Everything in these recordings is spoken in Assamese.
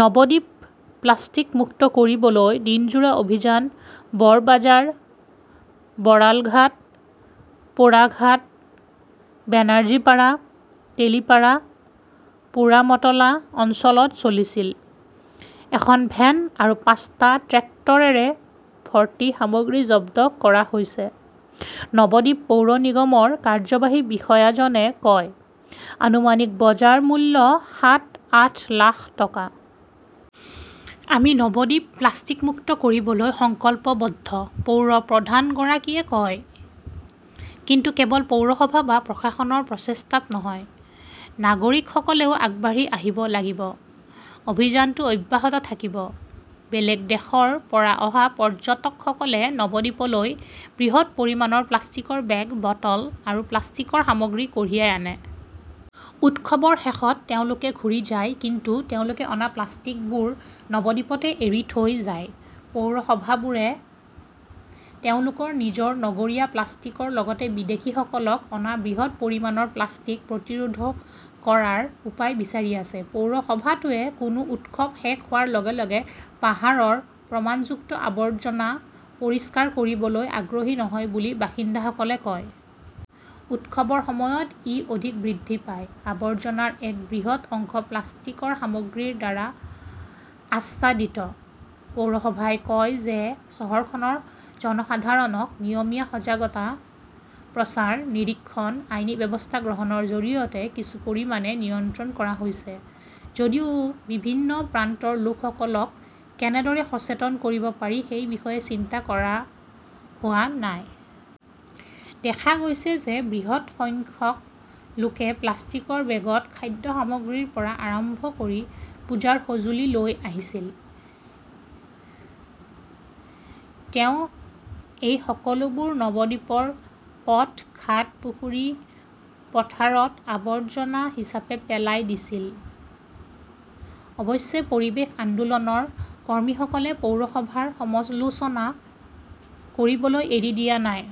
নবদ্বীপ প্লাষ্টিক মুক্ত কৰিবলৈ দিনজোৰা অভিযান বৰবাজাৰ, বৰালঘাট, পোৰাঘাট, বেনাৰ্জীপাড়া, তেলিপাড়া, পোৰামতলা অঞ্চলত চলিছিল। এখন ভেন আৰু পাঁচটা ট্ৰেক্টৰেৰে ভৰ্তি সামগ্ৰী জব্দ কৰা হৈছে, নৱদ্বীপ পৌৰ নিগমৰ কাৰ্যবাহী বিষয়াজনে কয়। আনুমানিক বজাৰ মূল্য সাত-আঠ লাখ টকা। আমি নৱদ্বীপ প্লাষ্টিক মুক্ত কৰিবলৈ সংকল্পবদ্ধ, পৌৰ প্ৰধানগৰাকীয়ে কয়। কিন্তু কেৱল পৌৰসভা বা প্ৰশাসনৰ প্ৰচেষ্টাত নহয়, নাগৰিকসকলেও আগবাঢ়ি আহিব লাগিব। অভিযানটো অব্যাহত থাকিব। বেলেগ দেশৰ পৰা অহা পৰ্যটকসকলে নৱদ্বীপলৈ বৃহৎ পৰিমাণৰ প্লাষ্টিকৰ বেগ, বটল আৰু প্লাষ্টিকৰ সামগ্ৰী কঢ়িয়াই আনে। উৎসৱৰ শেষত তেওঁলোকে ঘূৰি যায় কিন্তু তেওঁলোকে অনা প্লাষ্টিকবোৰ নৱদ্বীপতে এৰি থৈ যায়। পৌৰসভাবোৰে তেওঁলোকৰ নিজৰ নগৰীয়া প্লাষ্টিকৰ লগতে বিদেশীসকলক অনা বৃহৎ পৰিমাণৰ প্লাষ্টিক প্ৰতিৰোধক কৰাৰ উপায় বিচাৰি আছে। পৌৰসভাটোৱে কোনো উৎসৱ শেষ হোৱাৰ লগে লগে পাহাৰৰ প্ৰমাণযুক্ত আৱৰ্জনা পৰিষ্কাৰ কৰিবলৈ আগ্ৰহী নহয় বুলি বাসিন্দাসকলে কয়। উৎসৱৰ সময়ত ই অধিক বৃদ্ধি পায়। আৱৰ্জনাৰ এক বৃহৎ অংশ প্লাষ্টিকৰ সামগ্ৰীৰ দ্বাৰা আচ্ছাদিত। পৌৰসভাই কয় যে চহৰখনৰ জনসাধাৰণক নিয়মীয়া সজাগতা প্ৰচাৰ, নিৰীক্ষণ, আইনী ব্যৱস্থা গ্ৰহণৰ জৰিয়তে কিছু পৰিমাণে নিয়ন্ত্ৰণ কৰা হৈছে যদিও বিভিন্ন প্ৰান্তৰ লোকসকলক কেনেদৰে সচেতন কৰিব পাৰি সেই বিষয়ে চিন্তা কৰা হোৱা নাই। দেখা গৈছে যে বৃহৎ সংখ্যক লোকে প্লাষ্টিকৰ বেগত খাদ্য সামগ্ৰীৰ পৰা আৰম্ভ কৰি পূজাৰ সঁজুলি লৈ আহিছিল। তেওঁ এই সকলোবোৰ নৱদ্বীপৰ পথ-ঘাট-পুখুৰী-পথাৰত আৱৰ্জনা হিচাপে পেলাই দিছিল। অৱশ্যে, পৰিৱেশ আন্দোলনৰ কৰ্মীসকলে পৌৰসভাৰ সমচলোচনা কৰিবলৈ এৰি দিয়া নাই।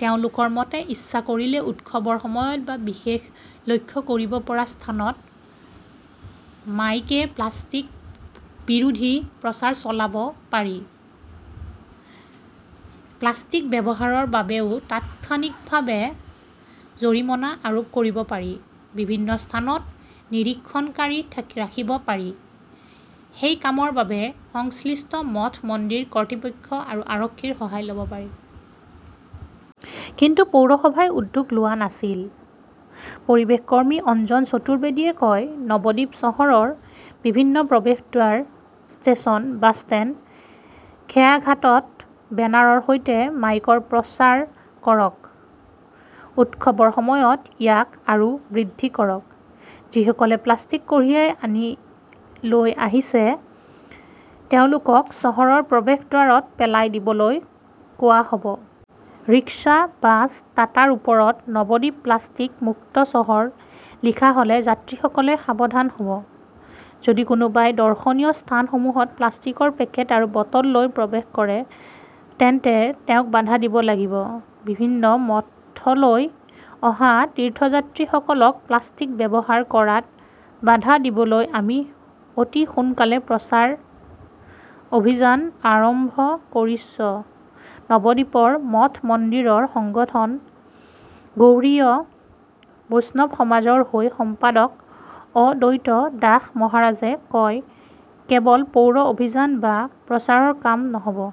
তেওঁলোকৰ মতে, ইচ্ছা কৰিলে উৎসৱৰ সময়ত বা বিশেষ লক্ষ্য কৰিব পৰা স্থানত মাইকে প্লাষ্টিক বিৰোধী প্ৰচাৰ চলাব পাৰি। প্লাষ্টিক ব্যৱহাৰৰ বাবেও তাৎক্ষণিকভাৱে জৰিমনা আৰোপ কৰিব পাৰি। বিভিন্ন স্থানত নিৰীক্ষণকাৰী থা ৰাখিব পাৰি। সেই কামৰ বাবে সংশ্লিষ্ট মঠ-মন্দিৰ কৰ্তৃপক্ষ আৰু আৰক্ষীৰ সহায় ল'ব পাৰি। কিন্তু পৌৰসভাই উদ্যোগ লোৱা নাছিল। পৰিৱেশ কৰ্মী অঞ্জন চতুৰ্বেদীয়ে কয়, নৱদ্বীপ চহৰৰ বিভিন্ন প্ৰৱেশদ্বাৰ, ষ্টেচন, বাছষ্টেণ্ড, খেয়াঘাটত বেনাৰৰ সৈতে মাইকৰ প্ৰচাৰ কৰক। উৎসৱৰ সময়ত ইয়াক আৰু বৃদ্ধি কৰক। যিসকলে প্লাষ্টিক কঢ়িয়াই আনি লৈ আহিছে তেওঁলোকক চহৰৰ প্ৰৱেশদ্বাৰত পেলাই দিবলৈ কোৱা হ'ব। ৰিক্সা, বাছ, টাটাৰ ওপৰত 'নৱদ্বীপ প্লাষ্টিক মুক্ত চহৰ' লিখা হ'লে যাত্ৰীসকলে সাৱধান হ'ব। যদি কোনোবাই দৰ্শনীয় স্থানসমূহত প্লাষ্টিকৰ পেকেট আৰু বটল লৈ প্ৰৱেশ কৰে তেন্তে তেওঁক বাধা দিব লাগিব। বিভিন্ন মঠলৈ অহা তীৰ্থযাত্ৰীসকলক প্লাষ্টিক ব্যৱহাৰ কৰাত বাধা দিবলৈ আমি অতি সোনকালে প্ৰচাৰ অভিযান আৰম্ভ কৰিছ, নৱদ্বীপৰ মঠ মন্দিৰৰ সংগঠন গৌড়ীয় বৈষ্ণৱ সমাজৰ হৈ সম্পাদক অদ্বৈত দাস মহাৰাজে কয়। ""কেৱল পৌৰ অভিযান বা প্ৰচাৰৰ কাম নহ'ব।